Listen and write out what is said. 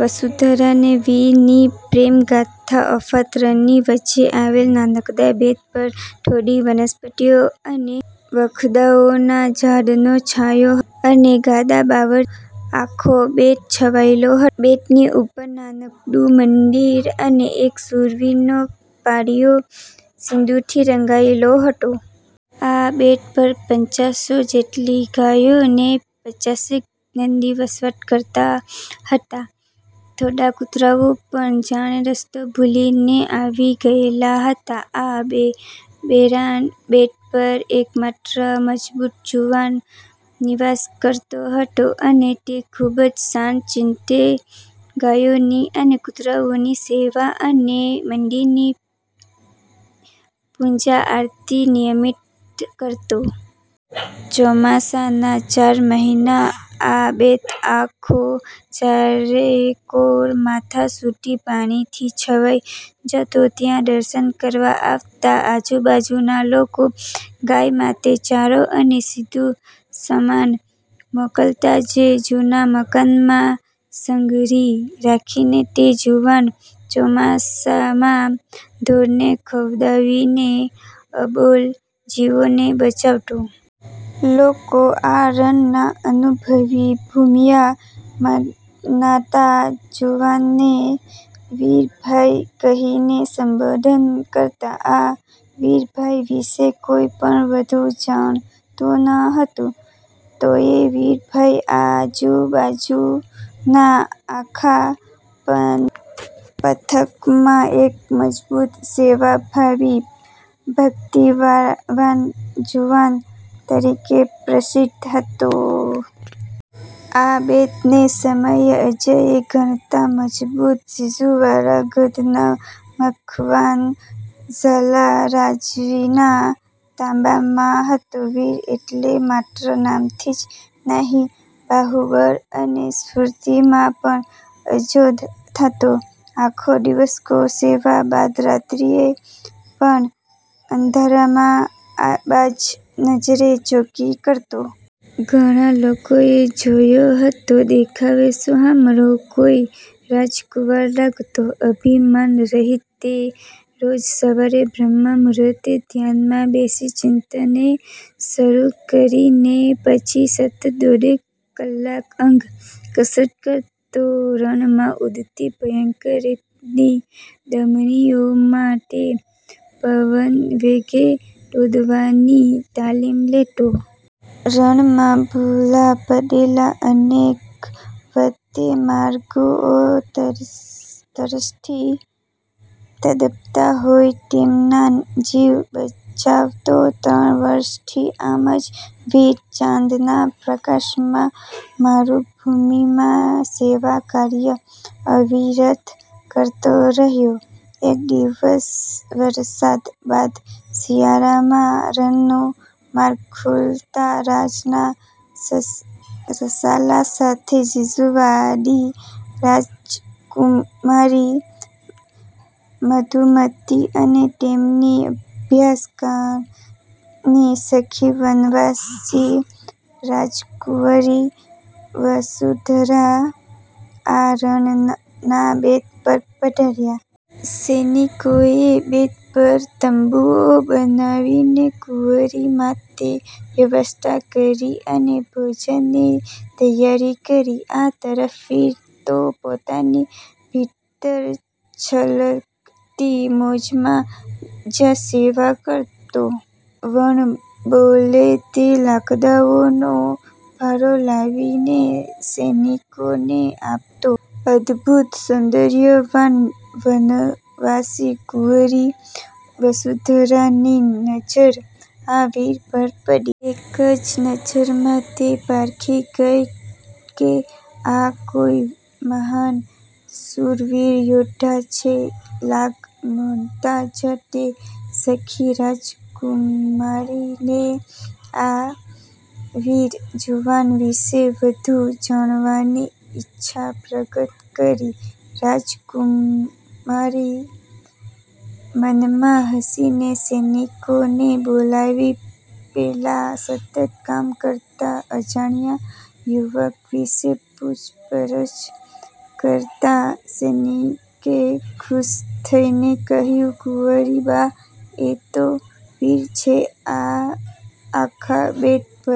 વસુંધરા ને વીરની પ્રેમગાથા:- અફાટ રણની વચ્ચે આવેલ નાનકડાં બેટ પર થોડી વનસ્પતિઓ અને વખડાઓનાં ઝાડનો છાંયો હતો અને ગાંડા બાવળથી આખો બેટ છવાયેલો હતો. બેટની ઉપર નાનકડું મંદીર અને એક શૂરવીરનો પાળિયો સિંદૂરથી રંગાયેલો હતો. આ બેટ પર પાંચસો જેટલી ગાયો ને પચાસેક નંદી વસવાટ કરતા હતાં. થોડા કુતરાઓ પણ જાણે રસ્તો ભૂલીને આવી ગયેલાં હતાં. આ વેરાન બેટ પર એકમાત્ર મજબૂત જુવાન નિવાસ કરતો હતો, અને તે ખુબ જ શાંત ચિત્તે ગાયોની અને કૂતરાઓની સેવા અને મંદિરની પૂજા આરતી નિયમિત કરતો. ચોમાસાનાં ચાર મહિના આ બેટ આખો ચારેકોર માથાં સુધી પાણીથી છવાઈ જતો, ત્યાં દર્શન કરવા આવતાં આજુબાજુના લોકો ગાય માટે ચારો અને સીધું સમાન મોકલતા, જે જુના મકાનમાં સંઘરી રાખીને તે જુવાન ચોમાસામાં ઢોરને ખવડાવીને અબોલ જીવોને બચાવતો. લોકો આ રણનાં અનુભવી ભોમિયા મનાતાં જુવાનને વીરભાઈ કહીને સંબોધન કરતા. આ વીરભાઈ વિશે કોઈ પણ વઘુ જાણતું ન હતું. તોયે વીરભાઈ આજુ-બાજુનાં આખા પંથકમાં એક મજબૂત સેવાભાવી ભક્તિવાન જુવાન તરીકે પ્રસિદ્ધ હતો. આ બેટ તે સમયે અજેય ગણાતા મજબૂત ઝીંઝુવાડા ગઢના મખવાન ઝાલા રાજવીના તાબામાં હતો. વીર એટલે માત્ર નામથી જ નહીં, બાહુબળ અને સ્ફૂર્તિમાં પણ અજોડ હતો. આખો દિવસ ગૌસેવા બાદ રાત્રીએ પણ અંધારામાં બાજ નજરે ચોકી કરતો. ઘણાં લોકોએ જોયો હતો. દેખાવે સોહામણો, કોઈ રાજકુંવર લાગતો. અભિમાન રહિત તે રોજ સવારે બ્રહ્મ મુર્હુતે ધ્યાનમાં બેસી ચિત્તને શુદ્ધ કરીને પછી સતત દોઢેક કલાક અંગ કસરત કરતો. રણમાં ઊડતી ભયંકર રેતની ડમરીઓમાં તે પવનવેગે દોડવાની તાલિમ લેતો. રણમાં ભુલા પડેલાં અનેક વટેમાર્ગુઓ તરસથી તડપતાં હોય તેમનાં જીવ બચાવતો. ત્રણ વર્ષથી આમ જ વીર, ચાંદનાં પ્રકાશમાં મરુભૂમિમાં સેવાકાર્ય અવિરત કરતો રહયો. એક દિવસ વરસાદ બાદ શિયાળામાં રણનો માર્ગ ખૂલતાં રાજનાં રસાલા સાથે ઝીંઝુવાડાની રાજકુમારી મધુમતી અને તેમની અભ્યાસકાળની સખી વનવાસી રાજકુંવરી વસુંધરા આ રણનાં બેટ પર પધાર્યા. સૈનિકોએ બેટ પર તંબુઓ બનાવીને કૂંવરી માટે વ્યવસ્થા કરી અને ભોજનની તૈયારી કરી. આ તરફ વીર તો પોતાની ભીતર છલકતી મોજમાં જ સેવા કરતો. વણબોલે તે લાકડાઓનો ભારો લાવીને સૈનિકોને આપતો. અદભુત સૌંદર્યવાન વનવાસી કૂંવરી વસુંધરાની નજ઼ર આ વીર પર પડી. એક જ નજરમાં તે પારખી ગઈ કે આ કોઈ મહાન શૂરવીર યૌદ્ધા છે. લાગ મળતાં જ તે સખી રાજકુમારીને આ વીર જુવાન વિશે વધુ જાણવાની ઈચ્છા પ્રગટ કરી. રાજકુમારી મનમાં હસીને સૈનિકોને બોલાવી પેલા સતત કામ કરતા અજાણ્યાં યુવક વિશે પૂછપરછ કરતાં સૈનિકે ખુશ થઈને કહ્યું,"કુંવરીબા, એ તો વીર છે. આ આખા બેટ પર